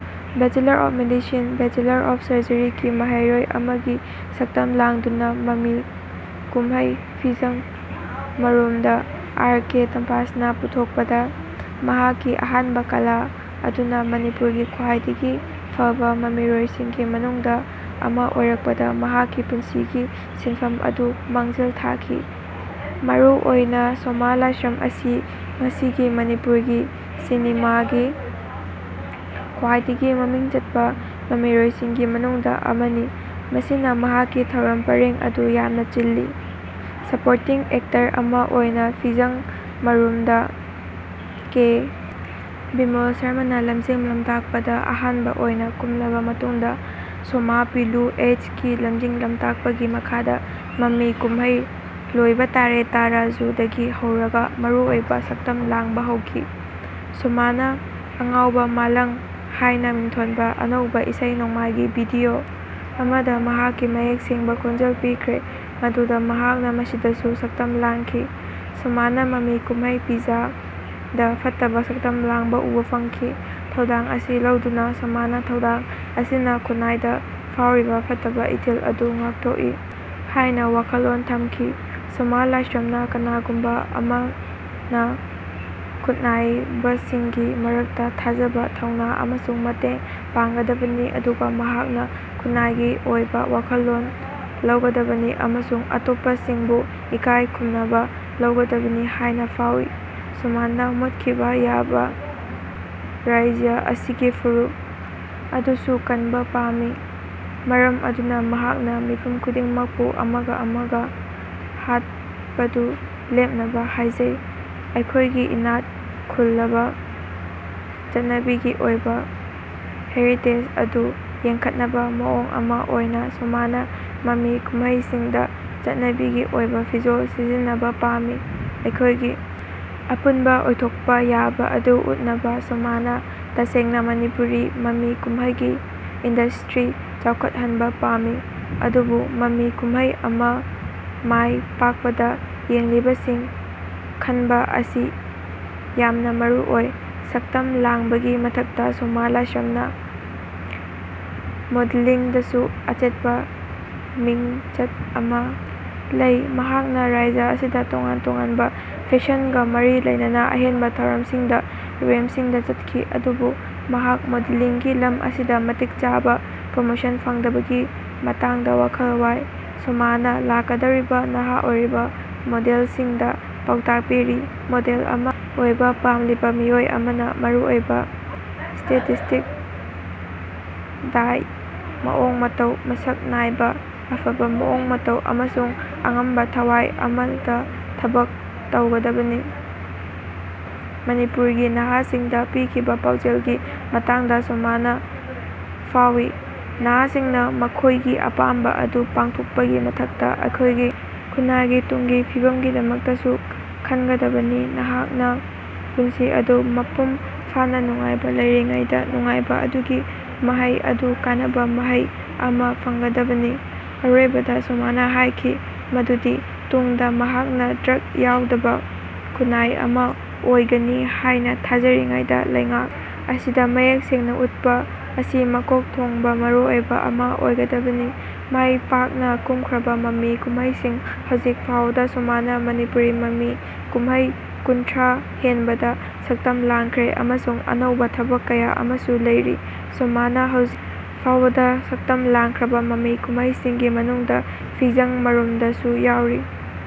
Bachelor of medicine, bachelor of surgery ꯀꯤ ꯃꯍꯩꯔꯣꯏ ꯑꯃꯒꯤ ꯁꯛꯇꯝ ꯂꯥꯡꯗꯨꯅ ꯃꯃꯤ ꯀꯨꯝꯍꯩ 'ꯐꯤꯖꯡ ꯃꯔꯨꯝꯗꯥ' (ꯑꯥꯔ. ꯀꯦ. ꯇꯝꯐꯥꯁꯅꯥꯅ ꯄꯨꯊꯣꯛꯄ)ꯗ ꯃꯍꯥꯛꯀꯤ ꯑꯍꯥꯟꯕ ꯀꯂꯥ ꯑꯗꯨꯅ ꯃꯅꯤꯄꯨꯔꯒꯤ ꯈ꯭ꯋꯥꯏꯗꯒꯤ ꯐꯕ ꯃꯃꯤꯔꯣꯏꯁꯤꯡꯒꯤ ꯃꯅꯨꯡꯗ ꯑꯃ ꯑꯣꯏꯔꯛꯄꯗ ꯃꯍꯥꯛꯀꯤ ꯄꯨꯟꯁꯤꯒꯤ ꯁꯤꯟꯐꯝ ꯑꯗꯨ ꯃꯥꯡꯖꯤꯜ ꯊꯥꯈꯤ꯫ ꯃꯔꯨꯑꯣꯏꯅ ꯁꯣꯃꯥ ꯂꯥꯏꯁ꯭ꯔꯝ ꯑꯁꯤ ꯉꯁꯤꯒꯤ ꯃꯅꯤꯄꯨꯔꯤ ꯁꯤꯅꯦꯃꯥꯒꯤ ꯈ꯭ꯋꯥꯏꯗꯒꯤ ꯃꯃꯤꯡ ꯆꯠꯄ ꯃꯃꯤꯔꯣꯏꯁꯤꯡꯒꯤ ꯃꯅꯨꯡꯗ ꯑꯃꯅꯤ ꯃꯁꯤꯅ ꯃꯍꯥꯛꯀꯤ ꯊꯧꯔꯝ ꯄꯔꯤꯡ ꯑꯗꯨ ꯌꯥꯝꯅ ꯆꯤꯜꯂꯤ꯫ ꯁꯄꯣꯔꯇꯤꯡ ꯑꯦꯛꯇꯔ ꯑꯃ ꯑꯣꯏꯅ 'ꯐꯤꯖꯥꯡ ꯃꯔꯨꯝꯗꯥ' (ꯀꯦ. ꯕꯤꯃꯣꯜ ꯁꯔꯃꯥꯅ ꯂꯝꯖꯤꯡ-ꯂꯝꯇꯥꯛꯄ)ꯗ ꯑꯍꯥꯟꯕ ꯑꯣꯏꯅ ꯀꯨꯝꯂꯕ ꯃꯇꯨꯡꯗ ꯁꯣꯃꯥꯅ ꯄꯤꯂꯨ ꯑꯦꯆ. ꯒꯤ ꯂꯝꯖꯤꯡ-ꯂꯝꯇꯥꯛꯄꯒꯤ ꯃꯈꯥꯗ ꯃꯃꯤ ꯀꯨꯝꯍꯩ 'ꯂꯣꯏꯕꯥ ꯇꯥꯔꯦ ꯇꯥ ꯔꯥꯖꯨ' ꯗꯒꯤ ꯍꯧꯔꯒ ꯃꯔꯨꯑꯣꯏꯕ ꯁꯛꯇꯝ ꯂꯥꯡꯕ ꯍꯧꯈꯤ꯫ ꯁꯣꯃꯥꯅ 'ꯑꯪꯒꯥꯎꯕꯥ ꯃꯥꯂꯡ' ꯍꯥꯏꯅ ꯃꯤꯡꯊꯣꯟꯕ ꯑꯅꯧꯕ ꯏꯁꯩ-ꯅꯣꯡꯃꯥꯏꯒꯤ ꯚꯤꯗꯤꯑꯣ ꯑꯃꯗ ꯃꯍꯥꯛꯀꯤ ꯃꯌꯦꯛ ꯁꯦꯡꯕ ꯈꯣꯟꯖꯦꯜ ꯄꯤꯈ꯭ꯔꯦ ꯃꯗꯨꯗ ꯃꯍꯥꯛꯅ ꯃꯁꯤꯗꯁꯨ ꯁꯛꯇꯝ ꯂꯥꯡꯈꯤ꯫ ꯁꯣꯃꯥꯅ ꯃꯃꯤ ꯀꯨꯝꯍꯩ 'ꯄꯤꯠꯖꯥ' ꯗ ꯐꯠꯇꯕ ꯁꯛꯇꯝ ꯂꯥꯡꯕ ꯎꯕ ꯐꯪꯈꯤ꯫ ꯊꯧꯗꯥꯡ ꯑꯁꯤ ꯂꯧꯗꯨꯅ ꯁꯣꯃꯥꯅ ꯊꯧꯗꯥꯡ ꯑꯁꯤꯅ ꯈꯨꯟꯅꯥꯏꯗ ꯐꯥꯎꯔꯤꯕ ꯐꯠꯇꯕ ꯏꯊꯤꯜ ꯑꯗꯨ ꯉꯥꯛꯊꯣꯛꯏ ꯍꯥꯏꯅ ꯋꯥꯈꯜꯂꯣꯟ ꯊꯝꯈꯤ꯫ ꯁꯣꯃꯥ ꯂꯥꯏꯁ꯭ꯔꯥꯝꯅ ꯀꯅꯥꯒꯨꯝꯕ ꯑꯃꯅ ꯈꯨꯠꯅꯥꯏꯕꯁꯤꯡꯒꯤ ꯃꯔꯛꯇ ꯊꯥꯖꯕ, ꯊꯧꯅꯥ ꯑꯃꯁꯨꯡ ꯃꯇꯦꯡ ꯄꯥꯡꯒꯗꯕꯅꯤ ꯑꯗꯨꯒ ꯃꯍꯥꯛꯅ ꯈꯨꯟꯅꯥꯏꯒꯤ ꯑꯣꯏꯕ ꯋꯥꯈꯜꯂꯣꯟ ꯂꯩꯒꯗꯕꯅꯤ ꯑꯃꯁꯨꯡ ꯑꯇꯣꯞꯄꯁꯤꯡꯕꯨ ꯏꯀꯥꯏ ꯈꯨꯝꯅꯕ ꯂꯩꯒꯗꯕꯅꯤ ꯍꯥꯏꯅ ꯐꯥꯎꯏ꯫ ꯁꯣꯃꯥꯅ ꯃꯨꯠꯈꯤꯕ ꯌꯥꯕ ꯔꯥꯖ꯭ꯌ ꯑꯁꯤꯒꯤ ꯐꯨꯔꯨꯞ ꯑꯗꯨꯁꯨ ꯀꯟꯕ ꯄꯥꯝꯃꯤ꯫ ꯃꯔꯝ ꯑꯗꯨꯅ ꯃꯍꯥꯛꯅ ꯃꯤꯄꯨꯝ ꯈꯨꯗꯤꯡꯃꯛꯄꯨ ꯑꯃꯒ ꯑꯃꯒ ꯍꯥꯠꯄꯗꯨ ꯂꯦꯞꯅꯕ ꯍꯥꯏꯖꯩ꯫ ꯑꯩꯈꯣꯏꯒꯤ ꯏꯅꯥꯛ ꯈꯨꯜꯂꯕ ꯆꯠꯅꯕꯤꯒꯤ ꯑꯣꯏꯕ ꯍꯦꯔꯤꯇꯦꯖ ꯑꯗꯨ ꯌꯣꯛꯈꯠꯅꯕ ꯃꯑꯣꯡ ꯑꯃ ꯑꯣꯏꯅ ꯁꯣꯃꯥꯅ ꯃꯃꯤ ꯀꯨꯝꯍꯩꯁꯤꯡꯗ ꯆꯠꯅꯕꯤꯒꯤ ꯑꯣꯏꯕ ꯐꯤꯖꯣꯜ ꯁꯤꯖꯤꯟꯅꯕ ꯄꯥꯝꯃꯤ꯫ ꯑꯩꯈꯣꯏꯒꯤ ꯑꯄꯨꯟꯕ ꯑꯣꯏꯊꯣꯛꯄ ꯌꯥꯕ ꯑꯗꯨ ꯎꯠꯅꯕ ꯁꯣꯃꯥꯅ ꯇꯁꯦꯡꯅ ꯃꯅꯤꯄꯨꯔꯤ ꯃꯃꯤ ꯀꯨꯝꯍꯩꯒꯤ ꯏꯟꯗꯁꯇ꯭ꯔꯤ ꯆꯥꯎꯈꯠꯍꯟꯕ ꯄꯥꯝꯃꯤ꯫ ꯑꯗꯨꯕꯨ ꯃꯃꯤ ꯀꯨꯝꯍꯩ ꯑꯃ ꯃꯥꯏ ꯄꯥꯛꯄꯗ ꯌꯦꯡꯂꯤꯕꯁꯤꯡ ꯈꯟꯕ ꯑꯁꯤ ꯌꯥꯝꯅ ꯃꯔꯨꯑꯣꯏ꯫ ꯁꯛꯇꯝ ꯂꯥꯡꯕꯒꯤ ꯃꯊꯛꯇ ꯁꯣꯃꯥ ꯂꯥꯏꯁ꯭ꯔꯝꯅ ꯃꯣꯗꯦꯂꯤꯡꯗꯁꯨ ꯑꯆꯦꯠꯄ ꯃꯤꯡꯆꯠ ꯑꯃ ꯂꯩ꯫ ꯃꯍꯥꯛꯅ ꯔꯥꯖ꯭ꯌ ꯑꯁꯤꯗ ꯇꯣꯉꯥꯟ-ꯇꯣꯉꯥꯟꯕ ꯐꯦꯁꯟꯒ ꯃꯔꯤ ꯂꯩꯅꯕ ꯑꯍꯦꯟꯕ ꯊꯧꯔꯝꯁꯤꯡꯗ ꯔꯦꯝꯞꯁꯤꯡꯗ ꯆꯠꯈꯤ꯫ ꯑꯗꯨꯕꯨ ꯃꯍꯥꯛ ꯃꯣꯗꯦꯂꯤꯡꯒꯤ ꯂꯝ ꯑꯁꯤꯗ ꯃꯇꯤꯛ ꯆꯥꯕ ꯄ꯭ꯔꯣꯃꯣꯁꯟ ꯐꯪꯗꯕꯒꯤ ꯃꯇꯥꯡꯗ ꯋꯥꯈꯜ ꯋꯥꯏ꯫ ꯁꯣꯃꯥꯅ ꯂꯥꯛꯀꯗꯧꯔꯤꯕ ꯅꯍꯥ ꯑꯣꯏꯔꯤꯕ ꯃꯣꯗꯦꯜꯁꯤꯡꯗ ꯄꯥꯎꯇꯥꯛ ꯄꯤꯔꯤ 'ꯃꯣꯗꯦꯜ ꯑꯃ ꯑꯣꯏꯕ ꯄꯥꯝꯂꯤꯕ ꯃꯤꯑꯣꯏ ꯑꯃꯅ ꯃꯔꯨꯑꯣꯏꯕ ꯁ꯭ꯇꯦꯇꯤꯁꯇꯤꯛꯁ, ꯗꯥꯏꯠ, ꯃꯑꯣꯡ-ꯃꯇꯧ, ꯃꯁꯛ ꯅꯥꯏꯕ, ꯑꯐꯕ ꯃꯑꯣꯡ ꯃꯇꯧ ꯑꯃꯁꯨꯡ ꯑꯉꯝꯕ ꯊꯋꯥꯏ ꯑꯃꯗ ꯊꯕꯛ ꯇꯧꯒꯗꯕꯅꯤ'꯫ ꯃꯅꯤꯄꯨꯔꯒꯤ ꯅꯍꯥꯁꯤꯡꯗ ꯄꯤꯈꯤꯕ ꯄꯥꯎꯖꯦꯜꯒꯤ ꯃꯇꯥꯡꯗ ꯁꯣꯃꯥꯅ ꯐꯥꯎꯋꯤ "ꯅꯍꯥꯁꯤꯡꯅ ꯃꯈꯣꯏꯒꯤ ꯑꯄꯥꯝꯕ ꯑꯗꯨ ꯄꯥꯡꯊꯣꯛꯄꯒꯤ ꯃꯊꯛꯇ, ꯑꯩꯈꯣꯏꯒꯤ ꯈꯨꯟꯅꯥꯏꯒꯤ ꯇꯨꯡꯒꯤ ꯐꯤꯕꯝꯒꯤꯗꯃꯛꯇꯁꯨ ꯈꯟꯒꯗꯕꯅꯤ ꯅꯍꯥꯛꯀꯤ ꯄꯨꯟꯁꯤ ꯑꯗꯨ ꯃꯄꯨꯡ ꯐꯥꯅ ꯅꯨꯡꯉꯥꯏꯕ ꯂꯧꯔꯤꯉꯩꯗ, ꯅꯨꯡꯉꯥꯏꯕ ꯑꯗꯨꯒꯤ ꯃꯍꯩ ꯑꯗꯨꯅ ꯀꯥꯟꯅꯕ ꯃꯍꯩ ꯑꯃ ꯐꯪꯒꯗꯕꯅꯤ"꯫ ꯑꯔꯣꯏꯕꯗ ꯁꯣꯃꯥꯅ ꯍꯥꯏꯈꯤ ꯃꯗꯨꯗꯤ ꯇꯨꯡꯗ ꯃꯍꯥꯛꯅ ꯗ꯭ꯔꯒ ꯌꯥꯎꯗꯕ ꯈꯨꯟꯅꯥꯏ ꯑꯃ ꯑꯣꯏꯒꯅꯤ ꯍꯥꯏꯅ ꯊꯥꯖꯔꯤꯉꯩꯗ ꯂꯩꯉꯥꯛ ꯑꯁꯤꯗ ꯃꯌꯦꯛ ꯁꯦꯡꯅ ꯎꯠꯄ ꯑꯁꯤ ꯃꯀꯣꯛ ꯊꯣꯡꯕ ꯃꯔꯨꯑꯣꯏꯕ ꯑꯃ ꯑꯣꯏꯒꯗꯕꯅꯤ꯫ ꯃꯥꯏ ꯄꯥꯛꯅ ꯀꯨꯝꯈ꯭ꯔꯕ ꯃꯃꯤ ꯀꯨꯝꯍꯩꯁꯤꯡ ꯍꯧꯖꯤꯛ ꯐꯥꯎꯕꯗ ꯁꯣꯃꯥꯅ ꯃꯅꯤꯄꯨꯔꯤ ꯃꯃꯤ ꯀꯨꯝꯍꯩ ꯀꯨꯟꯊ꯭ꯔꯥ ꯍꯦꯟꯕꯗ ꯁꯛꯇꯝ ꯂꯥꯡꯈ꯭ꯔꯦ ꯑꯃꯁꯨꯡ ꯑꯅꯧꯕ ꯊꯕꯛ ꯀꯌꯥ ꯑꯃꯁꯨ ꯂꯩꯔꯤ꯫ ꯁꯣꯃꯥꯅ ꯍꯧꯖꯤꯛ ꯐꯥꯎꯕꯗ ꯁꯛꯇꯝ ꯂꯥꯡꯈ꯭ꯔꯕ ꯃꯃꯤ ꯀꯨꯝꯍꯩꯁꯤꯡꯒꯤ ꯃꯅꯨꯡꯗ "ꯐꯤꯖꯡ ꯃꯔꯨꯝꯗ" ꯁꯨ ꯌꯥꯎꯔꯤ꯫